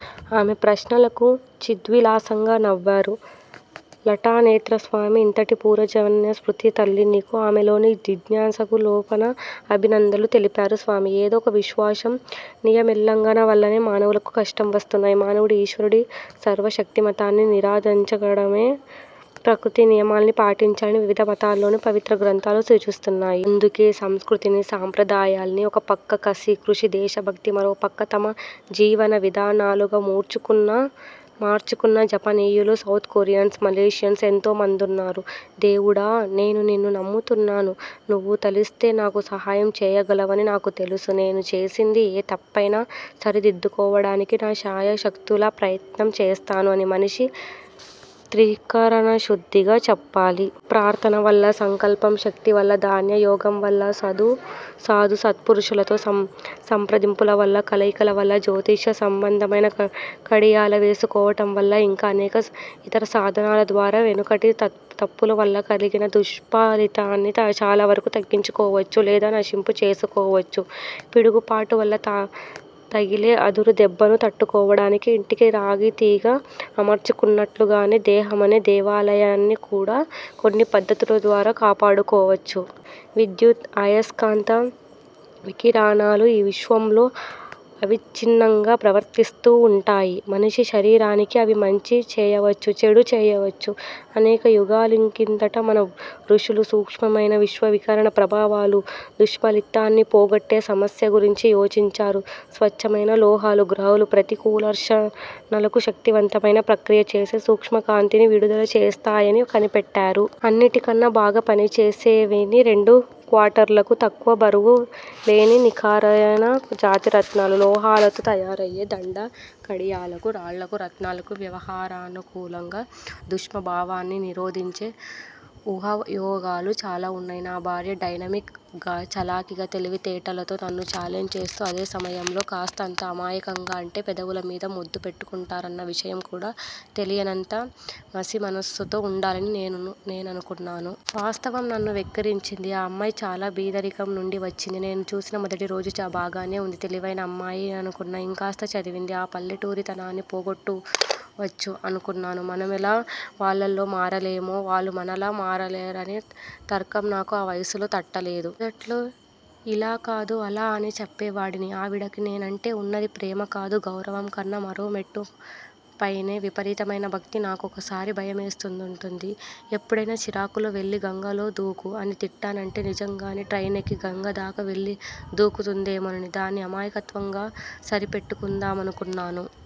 ఆమె ప్రశ్నలకు చిద్విలాసంగా నవ్వారు లలాటనేత్రస్వామి- ఎంతటి పూర్వజన్మ స్మృతి తల్లీ నీకు?! ఆమెలోని జిజ్ఞాసకు లోలోనే అభినందనలు తెలిపారు స్వామి. ఏదో ఒక విశ్వం నియమోల్లంఘన వల్లనే మానవులకు కష్టాలు వస్తుంటాయి. మానవుడు ఈశ్వరుడి సర్వశక్తిమతాన్ని నిరాదరించకుండానే, ప్రకృతి నియమాల్ని పాటించాలని వివిధ మతాల్లోని పవిత్ర గ్రంథాలు సూచిస్తున్నాయి. అందుకే సంస్కృతిని, సాంప్రదాయాల్ని ఓ పక్క కసి, కృషి, దేశభక్తి మరోపక్క తమ జీవనవిధానాలుగా మార్చుకున్న జపనీయులు, సౌత్ కొరియన్స్, మలేషియన్స్ ఎంతోమందున్నారు. దేవుడా నేను నిన్ను నమ్ముతున్నాను- నువ్వు తలిస్తే నాకు సహాయం చేయగలవని నాకు తెలుసు. నేను చేసింది ఏ తప్పయినా సరిదిద్దుకోటానికి నా శాయశక్తులా ప్రయత్నం చేస్తాను అని మనిషి త్రికరణశుద్ధిగా చెప్పాలి. ప్రార్థనవల్ల, సంకల్ప శక్తివల్ల, ధాన్యయోగం వల్ల సాధుసత్పురుషులతో సంప్రదింపుల వల్ల, కలయికల వల్ల జ్యోతిష సంబంధమైన కడియాలు వేసుకోవటం వల్ల ఇంకా అనేక ఇతర సాధనాల ద్వారా వెనుకటి తప్పుల వల్ల కలిగిన దుష్ఫలితాన్ని చాలావరకు తగ్గించుకోవచ్చు. లేదా నశింపు చేసుకోవచ్చు. పిడుగుపాటు వల్ల తగిలే అదురుదెబ్బను తట్టుకోవటానికి ఇంటికి రాగితీగ అమర్చుకున్నట్లుగానే దేహమనే దేవాలయాన్ని కూడా కొన్ని పద్ధతుల ద్వారా కాపాడుకోవచ్చు. విద్యుత్, అయస్కాంత వికిరణాలు ఈ విశ్వంలో అవిచ్చిన్నంగా ప్రసరిస్తూ వుంటాయి. మనిషి శరీరానికి అవి మంచి చేయవచ్చు- చెడూ చేయవచ్చు. అనేక యుగాలకిందట మన ఋషులు, సూక్ష్మమైన విశ్వ వికిరణ ప్రభావాల దుష్ఫలితాన్ని పోగొట్టే సమస్య గురించి యోచించారు. స్వచ్చమైన లోహాలు, గ్రహాల ప్రతికూలాకర్షణలకు శక్తివంతమైన ప్రక్రియ చేసే సూక్ష్మకాంతిని విడుదల చేస్తాయని కనిపెట్టారు. అన్నిటికన్నా బాగా పనిచేసేవి రెండు క్యాటర్లకు తక్కువ బరువు లేని నిఖార్సయిన జాతిరత్నాలు. లోహాలతో తయారయ్యే దండ కడియాలకు, రాళ్ళకు, రత్నాలకు వ్యవహారానుకూలంగా దుష్ప్రభావాన్ని నిరోధించే వుపయోగాలు చాలా వున్నాయి. నా భార్య డైనమిక్ గా, చలాకీగా, తెలివితేటలతో నన్ను ఛాలెంజ్ చేస్తూ, అదే సమయంలో కాస్తంత అమయాకంగా- అంటే పెదవులమీద ముద్దు పెట్టుకుంటారన్న విషయం కూడా తెలియనంత పసిమనస్సుతో వుండాలని నేననుకున్నాను. వాస్తవం నన్ను వెక్కిరించింది. ఆ అమ్మాయి చాలా బీదరికం నుండి వచ్చింది. నేను చూసిన మొదటిరోజు బాగానే వుంది. తెలివైన అమ్మాయేననుకున్నాను. ఇంకాస్త చదివించి, ఆ పల్లెటూరితనాన్ని పోగొట్టవచ్చు ననుకున్నాను. మనమెలా వాళ్ళలా మారలేమో, వాళ్ళూ మనలా మారలేరనే తర్కం నాకు ఆ వయసులో తట్టలేదు. మొదట్లో యిలాకాదు, అలా అని చెప్పేవాడిని. ఆవిడకి నేనంటే వున్నది ప్రేమకాదు, గౌరవం కన్నా మరో మెట్టు పైనే! విపరీతమైన భక్తి!! నా కొకోసారి భయమేస్తుంటుంది. ఎప్పుడైనా చిరాకులో వెళ్లి గంగలో దూకు! అని తిట్టానంటే, నిజంగానే ట్రైన్ ఎక్కి గంగదాకా వెళ్ళి దూకుతుందేమోనని. దాన్ని అమాయకత్వంగా సరిపెట్టుకుందామనుకున్నాను.